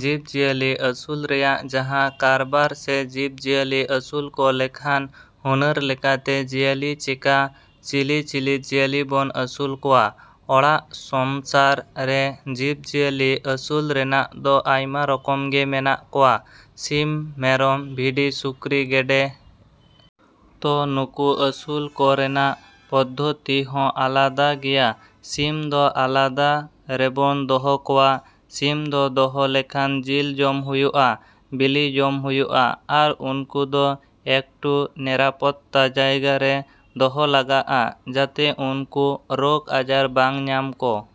ᱡᱤᱵᱽ ᱡᱤᱭᱟᱹᱞᱤ ᱟᱹᱥᱩᱞ ᱨᱮᱭᱟᱜ ᱡᱟᱦᱟᱸ ᱠᱟᱨᱵᱟᱨ ᱥᱮ ᱡᱤᱵᱽ ᱡᱤᱭᱟᱹᱞᱤ ᱟᱹᱥᱩᱞ ᱠᱚ ᱞᱮᱠᱷᱟᱱ ᱦᱩᱱᱟᱹᱨ ᱞᱮᱠᱟᱛᱮ ᱡᱤᱭᱟᱹᱞᱤ ᱪᱮᱠᱟ, ᱪᱤᱞᱤᱼᱪᱤᱞᱤ ᱡᱤᱭᱟᱹᱞᱤ ᱵᱚᱱ ᱟᱹᱥᱩᱞ ᱠᱚᱣᱟ? ᱚᱲᱟᱜ ᱥᱚᱢᱥᱟᱨ ᱨᱮ ᱡᱤᱵᱽᱼᱡᱤᱭᱟᱹᱞᱤ ᱟᱹᱥᱩᱞ ᱨᱮᱱᱟᱜ ᱫᱚ ᱟᱭᱢᱟ ᱨᱚᱠᱚᱢ ᱜᱮ ᱢᱮᱱᱟᱜ ᱠᱚᱣᱟ: ᱥᱤᱢ, ᱢᱮᱨᱚᱢ, ᱵᱷᱤᱰᱤ, ᱥᱩᱠᱨᱤ, ᱜᱮᱰᱮ᱾ ᱛᱚ ᱱᱩᱠᱩ ᱟᱹᱥᱩᱞ ᱠᱚᱨᱮᱱᱟᱜ ᱯᱚᱫᱽᱫᱷᱚᱛᱤ ᱦᱚᱸ ᱟᱞᱟᱫᱟ ᱜᱮᱭᱟ᱾ ᱥᱤᱢ ᱫᱚ ᱟᱞᱟᱫᱟ ᱨᱮᱵᱚᱱ ᱫᱚᱦᱚ ᱠᱚᱣᱟ᱾ ᱥᱤᱢ ᱫᱚ ᱫᱚᱦᱚ ᱞᱮᱠᱷᱟᱱ ᱡᱤᱞ ᱡᱚᱢ ᱦᱩᱭᱩᱜᱼᱟ, ᱵᱤᱞᱤ ᱡᱚᱢ ᱦᱩᱭᱩᱜᱼᱟ᱾ ᱟᱨ ᱩᱱᱠᱩ ᱫᱚ ᱮᱠᱴᱩ ᱱᱤᱨᱟᱯᱚᱛᱛᱟ ᱡᱟᱭᱜᱟ ᱨᱮ ᱫᱚᱦᱚ ᱞᱟᱜᱟᱜᱼᱟ, ᱡᱟᱛᱮ ᱩᱱᱠᱩ ᱨᱳᱜᱽ ᱟᱡᱟᱨ ᱵᱟᱝ ᱧᱟᱢ ᱠᱚ᱾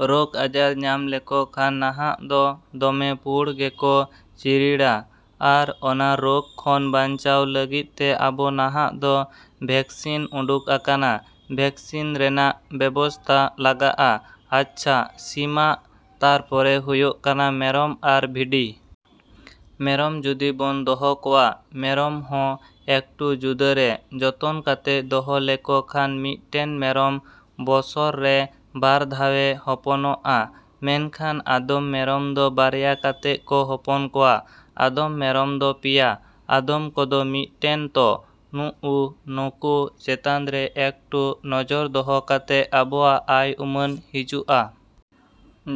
ᱨᱳᱜᱽ ᱟᱡᱟᱨ ᱧᱟᱢ ᱞᱮᱠᱚ ᱠᱷᱟᱱ ᱱᱟᱦᱟᱜ ᱫᱚ ᱫᱚᱢᱮ ᱯᱩᱬ ᱜᱮᱠᱚ ᱪᱤᱨᱤᱲᱟ᱾ ᱟᱨ ᱚᱱᱟ ᱨᱳᱜᱽ ᱠᱷᱚᱱ ᱵᱟᱧᱪᱟᱣ ᱞᱟᱹᱜᱤᱫ ᱛᱮ ᱟᱵᱚ ᱱᱟᱦᱟᱜ ᱫᱚ ᱵᱷᱮᱠᱥᱤᱱ ᱩᱰᱩᱠ ᱟᱠᱟᱱᱟ, ᱵᱷᱮᱠᱥᱤᱱ ᱨᱮᱱᱟᱜ ᱵᱮᱵᱚᱥᱛᱟ ᱞᱟᱜᱟᱜᱼᱟ᱾ ᱟᱪᱪᱷᱟ, ᱥᱤᱢᱟᱜ, ᱛᱟᱨᱯᱚᱨᱮ ᱦᱩᱭᱩᱜ ᱠᱟᱱᱟ ᱢᱮᱨᱚᱢ ᱟᱨ ᱵᱷᱤᱰᱤ᱾ ᱢᱮᱨᱚᱢ ᱡᱩᱫᱤ ᱵᱚᱱ ᱫᱚᱦᱚ ᱠᱚᱣᱟ, ᱢᱮᱨᱚᱢ ᱦᱚᱸ ᱮᱠᱴᱩ ᱡᱩᱫᱟᱹᱨᱮ ᱡᱚᱛᱚᱱ ᱠᱟᱛᱮ ᱫᱚᱦᱚ ᱞᱮᱠᱚ ᱠᱷᱟᱱ ᱢᱤᱫᱴᱮᱱ ᱢᱮᱨᱚᱢ ᱵᱚᱥᱚᱨ ᱨᱮ ᱵᱟᱨ ᱫᱷᱟᱣᱮ ᱦᱚᱯᱚᱱᱚᱜᱼᱟ᱾ ᱢᱮᱱᱠᱷᱟᱱ ᱟᱫᱚᱢ ᱢᱮᱨᱚᱢ ᱫᱚ ᱵᱟᱨᱭᱟ ᱠᱟᱛᱮ ᱠᱚ ᱦᱚᱯᱚᱱ ᱠᱚᱣᱟ, ᱟᱫᱚᱢ ᱢᱮᱨᱚᱢ ᱫᱚ ᱯᱮᱭᱟ, ᱟᱫᱚᱢ ᱠᱚᱫᱚ ᱢᱤᱫᱴᱮᱱ ᱛᱚ, ᱱᱩᱜᱼᱩ ᱱᱩᱠᱩ ᱪᱮᱛᱟᱱ ᱨᱮ ᱮᱠᱴᱩ ᱱᱚᱡᱚᱨ ᱫᱚᱦᱚ ᱠᱟᱛᱮ ᱟᱵᱚᱣᱟᱜ ᱟᱭ ᱩᱢᱟᱹᱱ ᱦᱤᱡᱩᱜᱼᱟ᱾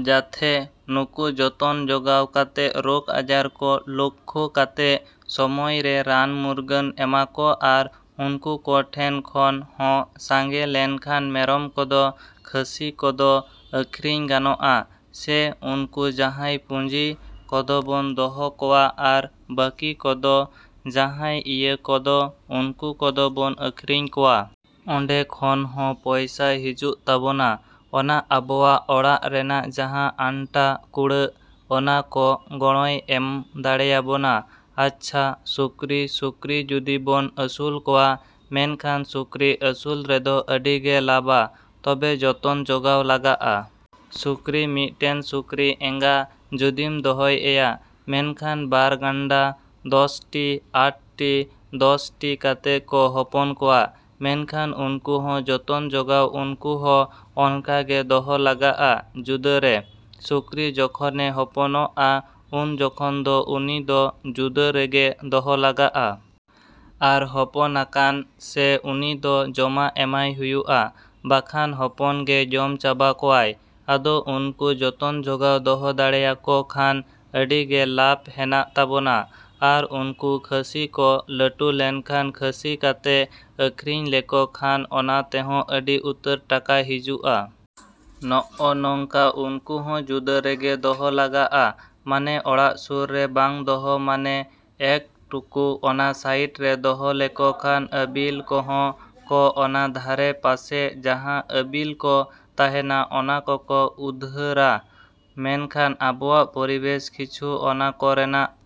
ᱡᱟᱛᱷᱮ ᱱᱩᱠᱩ ᱡᱚᱛᱚᱱ ᱡᱚᱜᱟᱣ ᱠᱟᱛᱮ ᱨᱳᱜᱽ ᱟᱡᱟᱨ ᱠᱚ ᱞᱳᱠᱠᱷᱳ ᱠᱟᱛᱮ ᱥᱚᱢᱚᱭ ᱨᱮ ᱨᱟᱱᱼᱢᱩᱨᱜᱟᱹᱱ ᱮᱢᱟᱠᱚ ᱟᱨ ᱩᱱᱠᱩ ᱠᱚ ᱴᱷᱮᱱ ᱠᱷᱚᱱ ᱦᱚᱸ ᱥᱟᱸᱜᱮ ᱞᱮᱱᱠᱷᱟᱱ ᱢᱮᱨᱚᱢ ᱠᱚᱫᱚ ᱠᱷᱟᱹᱥᱤ ᱠᱚᱫᱚ ᱟᱹᱠᱷᱨᱤᱧ ᱜᱟᱱᱚᱜᱼᱟ᱾ ᱥᱮ ᱩᱱᱠᱩ ᱡᱟᱦᱟᱸᱭ ᱯᱩᱸᱡᱤ ᱠᱚᱫᱚ ᱵᱚᱱ ᱫᱚᱦᱚ ᱠᱚᱣᱟ ᱟᱨ ᱵᱟᱹᱠᱤ ᱠᱚᱫᱚ ᱡᱟᱦᱟᱸᱭ ᱤᱭᱟᱹ ᱠᱚᱫᱚ ᱩᱱᱠᱩ ᱠᱚᱫᱚ ᱵᱚᱱ ᱟᱹᱠᱷᱨᱤᱧ ᱠᱚᱣᱟ᱾ ᱚᱸᱰᱮ ᱠᱷᱚᱱ ᱦᱚᱸ ᱯᱚᱭᱥᱟ ᱦᱤᱡᱩᱜ ᱛᱟᱵᱚᱱᱟ᱾ ᱚᱱᱟ ᱟᱵᱚᱣᱟᱜ ᱚᱲᱟᱜ ᱨᱮᱱᱟᱜ ᱡᱟᱦᱟᱸ ᱟᱱᱴᱟ ᱠᱩᱲᱟᱜ ᱚᱱᱟ ᱠᱚ ᱜᱚᱲᱚᱭ ᱮᱢ ᱫᱟᱲᱮᱭᱟᱵᱚᱱᱟ᱾ ᱟᱪᱪᱷᱟ, ᱥᱩᱠᱨᱤ, ᱥᱩᱠᱨᱤ ᱡᱩᱫᱤ ᱵᱚᱱ ᱟᱹᱥᱩᱞ ᱠᱚᱣᱟ ᱢᱮᱱᱠᱷᱟᱱ ᱥᱩᱠᱨᱤ ᱟᱹᱥᱩᱞ ᱨᱮᱫᱚ ᱟᱹᱰᱤ ᱜᱮ ᱞᱟᱵᱟ᱾ ᱛᱚᱵᱮ ᱡᱚᱛᱚᱱ ᱡᱚᱜᱟᱣ ᱞᱟᱜᱟᱜᱼᱟ᱾ ᱥᱩᱠᱨᱤ ᱢᱤᱫᱴᱮᱱ ᱥᱩᱠᱨᱤ ᱮᱸᱜᱟ ᱡᱩᱫᱤᱢ ᱫᱚᱦᱚᱭᱮᱭᱟ ᱢᱮᱱᱠᱷᱟᱱ ᱵᱟᱨ ᱜᱟᱱᱰᱟ, ᱫᱚᱥ ᱴᱤ, ᱟᱴ ᱴᱤ, ᱫᱚᱥ ᱴᱤ ᱠᱟᱛᱮ ᱠᱚ ᱦᱚᱯᱚᱱ ᱠᱚᱣᱟ᱾ ᱢᱮᱱᱠᱷᱟᱱ ᱩᱱᱠᱩ ᱦᱚᱸ ᱡᱚᱛᱚᱱ ᱡᱚᱜᱟᱣ ᱩᱱᱠᱩ ᱦᱚᱸ ᱚᱱᱠᱟ ᱜᱮ ᱫᱚᱦᱚ ᱞᱟᱜᱟᱜᱼᱟ ᱡᱩᱫᱟᱹᱨᱮ᱾ ᱥᱩᱠᱨᱤ ᱡᱚᱠᱷᱚᱱᱮ ᱦᱚᱯᱚᱱᱚᱜᱼᱟ ᱩᱱ ᱡᱚᱠᱷᱚᱱ ᱫᱚ ᱩᱱᱤ ᱫᱚ ᱡᱩᱫᱟᱹ ᱨᱮᱜᱮ ᱫᱚᱦᱚ ᱞᱟᱜᱟᱜᱼᱟ᱾ ᱟᱨ ᱦᱚᱯᱚᱱᱟᱠᱟᱱ ᱥᱮ ᱩᱱᱤ ᱫᱚ ᱡᱚᱢᱟᱜ ᱮᱢᱟᱭ ᱦᱩᱭᱩᱜᱼᱟ ᱵᱟᱠᱷᱟᱱ ᱦᱚᱯᱚᱱ ᱜᱮ ᱡᱚᱢ ᱪᱟᱵᱟ ᱠᱚᱣᱟᱭ᱾ ᱟᱫᱚ ᱩᱱᱠᱩ ᱡᱚᱛᱚᱱ ᱡᱚᱜᱟᱣ ᱫᱚᱦᱚ ᱫᱟᱲᱮᱭᱟᱠᱚ ᱠᱷᱟᱱ ᱟᱹᱰᱤ ᱜᱮ ᱞᱟᱵᱽ ᱦᱮᱱᱟᱜ ᱛᱟᱵᱚᱱᱟ᱾ ᱟᱨ ᱩᱱᱠᱩ ᱠᱷᱟᱹᱥᱤ ᱠᱚ ᱞᱟᱹᱴᱩ ᱞᱮᱱᱠᱷᱟᱱ ᱠᱷᱟᱹᱥᱤ ᱠᱟᱛᱮ ᱟᱹᱠᱷᱨᱤᱧ ᱞᱮᱠᱚ ᱠᱷᱟᱱ ᱚᱱᱟ ᱛᱮᱦᱚᱸ ᱟᱹᱰᱤ ᱩᱛᱟᱹᱨ ᱴᱟᱠᱟ ᱦᱤᱡᱩᱜᱼᱟ᱾ ᱱᱚᱜᱼᱚ ᱱᱚᱝᱠᱟ ᱩᱱᱠᱩ ᱦᱚᱸ ᱡᱩᱫᱟᱹ ᱨᱮᱜᱮ ᱫᱚᱦᱚ ᱞᱟᱜᱟᱜᱼᱟ᱾ ᱢᱟᱱᱮ ᱚᱲᱟᱜ ᱥᱩᱨ ᱨᱮ ᱵᱟᱝ ᱫᱚᱦᱚ ᱢᱟᱱᱮ ᱮᱠ ᱴᱩᱠᱩ ᱚᱱᱟ ᱥᱟᱭᱤᱰ ᱨᱮ ᱫᱚᱦᱚ ᱞᱮᱠᱚ ᱠᱷᱟᱱ ᱟᱹᱵᱤᱞ ᱠᱚᱦᱚᱸ ᱠᱚ ᱚᱱᱟ ᱫᱷᱟᱨᱮ ᱯᱟᱥᱮ ᱡᱟᱦᱟᱸ ᱟᱹᱵᱤᱞ ᱠᱚ ᱛᱟᱦᱮᱱᱟ ᱚᱱᱟ ᱠᱚᱠᱚ ᱩᱫᱽᱫᱷᱟᱹᱨᱟ᱾ ᱢᱮᱱᱠᱷᱟᱱ ᱟᱵᱚᱣᱟᱜ ᱯᱚᱨᱤᱵᱮᱥ ᱠᱤᱪᱷᱩ ᱚᱱᱟ ᱠᱚᱨᱮᱱᱟᱜ᱾